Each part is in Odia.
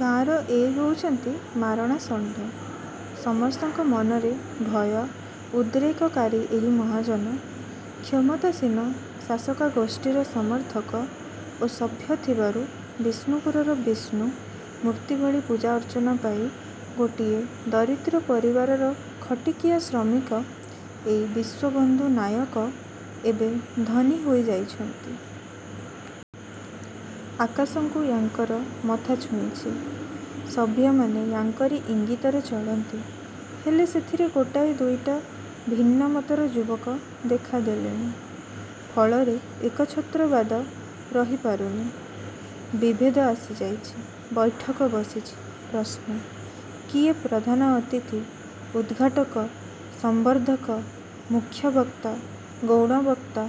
ଗାଁର ଏ ହେଉଛନ୍ତି ମାରଣା ଷଣ୍ଢ। ସମସ୍ତଙ୍କ ମନରେ ଭୟ ଉଦ୍ରେକକାରୀ ଏହି ମହାଜନ, କ୍ଷମତାସୀନ ଶାସକାଗୋଷ୍ଠୀର ସମର୍ଥକ ଓ ସଭ୍ୟ ଥିବାରୁ ବିଷ୍ଣୁପୁରର ବିଷ୍ଣୁ ମୂର୍ତ୍ତି ଭଳି ପୂଜା ଅର୍ଚ୍ଚନା ପାଇ ଗୋଟିଏ ଦରିଦ୍ର ପରିବାରର ଖଟିଖିଆ ଶ୍ରମିକ ଏଇ ବିଶ୍ଵବନ୍ଧୁ ନାୟକ ଏବେ ଧନୀ ହୋଇଯାଇଛନ୍ତି। ଆକାଶକୁ ୟାଙ୍କର ମଥା ଛୁଉଁଛି। ସଭ୍ୟମାନେ ୟାଙ୍କରି ଇଙ୍ଗିତରେ ଚଳନ୍ତି, ହେଲେ ସେଥିରେ ଗୋଟାଏ ଦୁଇଟା ଭିନ୍ନମତର ଯୁବକ ଦେଖାଦେଲେଣି; ଫଳରେ ଏକଛତ୍ରବାଦ ରହିପାରୁନି। ବିଭେଦ ଆସିଯାଇଛି। ବୈଠକ ବସିଛି। ପ୍ରଶ୍ନ.. କିଏ ପ୍ରଧାନ ଅତିଥି, ଉଦ୍ଘାଟକ, ସମ୍ବର୍ଦ୍ଧକ, ମୁଖ୍ୟବକ୍ତା, ଗୌଣବକ୍ତା,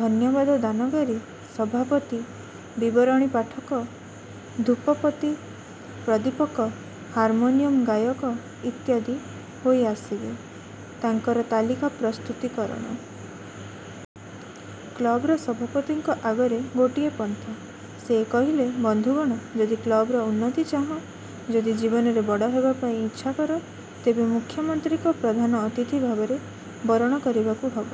ଧନ୍ୟବାଦ ଦାନକାରି, ସଭାପତି, ବିବରଣୀ ପାଠକ, ଧୂପବତୀ ପ୍ରଦୀପକ, ହାରମୋନିୟମ ଗାୟକ ଇତ୍ୟାଦି ହୋଇ ଆସିବେ-ତାଙ୍କର ତାଲିକା ପ୍ରସ୍ତୁତିକରଣ। କ୍ଳବର ସଭାପତିଙ୍କ ଆଗରେ ଗୋଟିଏ ପନ୍ଥା। ସେ କହିଲେ, ବନ୍ଧୁଗଣ, ଯଦି କ୍ଲବର ଉନ୍ନତି ଚାହଁ, ଯଦି ଜୀବନରେ ବଡ଼ ହେବାପାଇଁ ଇଛାକର, ତେବେ ମୁଖ୍ୟମନ୍ତ୍ରୀଙ୍କୁ ପ୍ରଧାନ ଅତିଥି ଭାବରେ ବରଣ କରିବାକୁ ହେବ।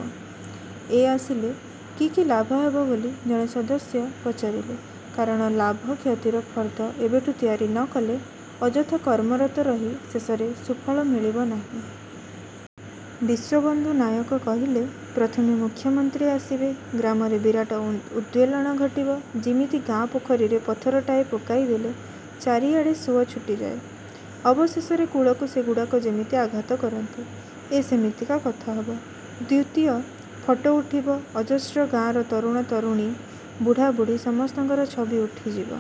ଏ ଆସିଲେ କୀ କୀ ଲାଭ ହେବ ବୋଲି ଜଣେ ସଦସ୍ୟ ପଚାରିଲେ କାରଣ ଲାଭ କ୍ଷତିର ଫର୍ଦ୍ଦ ଏବେଠୁ ତିଆରି ନ କଲେ, ଅଯଥା କର୍ମରତ ରହି ଶେଷରେ ସୁଫଳ ମିଳିବନାହିଁ। ବିଶ୍ଵବନ୍ଧୁ ନାୟକ କହିଲେ-ପ୍ରଥମେ-ମୁଖ୍ୟମନ୍ତ୍ରୀ ଆସିବେ, ଗ୍ରାମରେ ବିରାଟ ଉଦ୍ବେଳନ ଘଟିବ, ଯିମିତ ଗାଁ ପୋଖରୀରେ ପଥରଟାଏ ପକାଇଦେଲେ ଚାରିଆଡ଼େ ସୁଅ ଛୁଟିଯାଏ; ଅବଶେଷରେ କୂଳକୁ ସେଗୁଡ଼ାକ ଯେମିତି ଆଘାତ କରନ୍ତି, ଏ ସେମିତିକା କଥା ହେବ। ଦ୍ଵିତୀୟ, ଫଟୋ ଉଠିବ ଅଜସ୍ର-ଗାଁର ତରୁଣ ତରୁଣୀ, ବୁଢ଼ା ବୁଢ଼ୀ ସମସ୍ତଙ୍କର ଛବି ଉଠିଯିବ।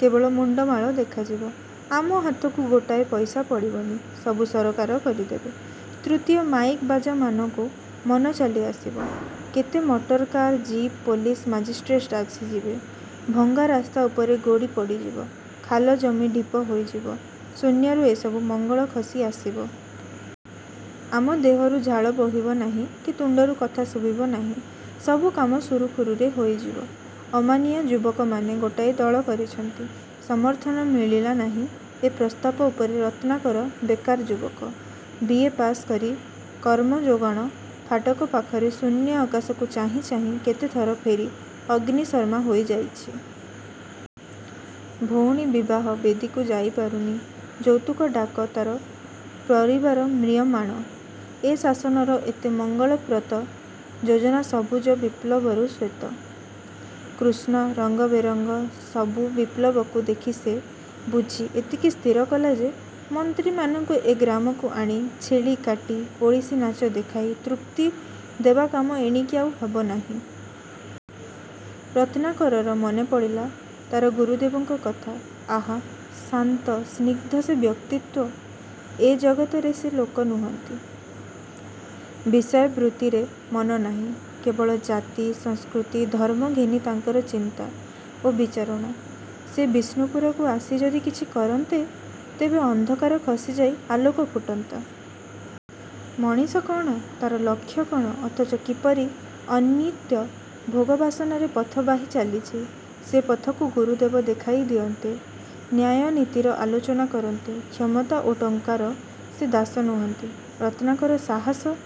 କେବଳ ମୁଣ୍ଡମାଳ ଦେଖାଯିବ। ଆମ ହାତକୁ, ଗୋଟାଏ ପଇସା ପଡ଼ିବନି-ସବୁ ସରକାର କରିଦେବେ। ତୃତୀୟ, ମାଇକ୍ ବାଜା ମନକୁ ମନ ଚାଲିଆସିବ। କେତେ ମଟରକାର, ଜିପ୍, ପୋଲିସ୍, ମାଜିଷ୍ଟ୍ରେଟ୍ ଆସିଯିବେ। ଭଙ୍ଗା ରାସ୍ତାଉପରେ ଗୋଡ଼ି ପଡ଼ିଯିବ। ଖାଲ ଜମି ଢିପ ହୋଇଯିବ। ଶୂନ୍ୟରୁ ଏସବୁ ମଙ୍ଗଳ ଖସି ଆସିବ। ଆମ ଦେହରୁ ଝାଳ ବୋହିବନାହିଁ କି ତୁଣ୍ଡରୁ କଥା ଶୁଭିବ ନାହିଁ। ସବୁ କାମ ସୁରୁଖୁରୁରେ ହୋଇଯିବ। ଅମାନିଆ ଯୁବକମାନେ ଗୋଟାଏ ଦଳ କରିଛନ୍ତି। ସମର୍ଥନ ମିଳିଲାନାହିଁ ଏ ପ୍ରସ୍ତାବ ଉପରେ ରତ୍ନାକର ବେକାର ଯୁବକ; ବି. ଏ. ପାଶ୍ କରି କର୍ମଯୋଗାଣ ଫାଟକ ପାଖରେ ଶୂନ୍ୟ ଆକାଶକୁ ଚାହିଁ ଚାହିଁ କେତେଥର ଫେରି ଅଗ୍ନିଶର୍ମା ହୋଇଯାଇଛି। ଭଉଣୀ ବିବାହ-ବେଦୀକୁ ଯାଇ ପାରୁନି, ଯୌତୁକ ଡାକରେ ତାର ପରିବାର ମ୍ରିୟମାଣ। ଏ ଶାସନର ଏତେ ମଙ୍ଗଳପ୍ରଦ ଯୋଜନା ସବୁଜ ବିପ୍ଳବରୁ ଶ୍ଵେତ, କୃଷ୍ଣ, ରଙ୍ଗବେରଙ୍ଗ ସବୁ ବିପ୍ଳବକୁ ସେ ଦେଖି, ବୁଝି, ଏତିକି ସ୍ଥିରକଲା ଯେ ମନ୍ତ୍ରୀମାନଙ୍କୁ ଏ ଗ୍ରାମକୁ ଆଣି ଛେଳି କାଟି, ଓଡ଼ିଶୀ ନାଚ ଦେଖାଇ ତୃପ୍ତି ଦେବା କାମ ଏଣିକି ଆଉ ହେବନାହିଁ। ରତ୍ନାକରର ମନେପଡ଼ିଲା ତାର ଗୁରୁଦେବଙ୍କ କଥା। ଆହା, ଶାନ୍ତ ସ୍ନିଗ୍ଧ ସେ ବ୍ୟକ୍ତିତ୍ଵ-! ଏ ଜଗତରେ ସେ ଲୋକ ନୁହନ୍ତି। ବିଷୟବୃତ୍ତିରେ ମନ ନାହିଁ। କେବଳ ଜାତି, ସଂସ୍କୃତି, ଧର୍ମ ଘେନି ତାଙ୍କର ଚିନ୍ତା ଓ ବିଚାରଣା। ସେ ବିଷ୍ଣୁପୁରକୁ ଆସି ଯଦି କିଛି କରନ୍ତେ, ତେବେ ଅନ୍ଧକାର ଖସିଯାଇ ଆଲୋକ ଫୁଟନ୍ତା। ମଣିଷ କଣ, ତାର ଲକ୍ଷ୍ୟ କଣ, ଅଥଚ ସେ କିପରି ଅନିତ୍ୟ ଭୋଗ-ବାସନାରେ ପଥ ବାହି ଚାଲିଛି-ସେ ପଥକୁ ଗୁରୁଦେବ ଦେଖାଇ ଦିଅନ୍ତେ; ନ୍ୟାୟ ନୀତିର ଆଲୋଚନା କରନ୍ତେ। କ୍ଷମତା ଓ ଟଙ୍କାର ସେ ଦାସ ନୁହନ୍ତି। ରତ୍ନାକର ସାହସ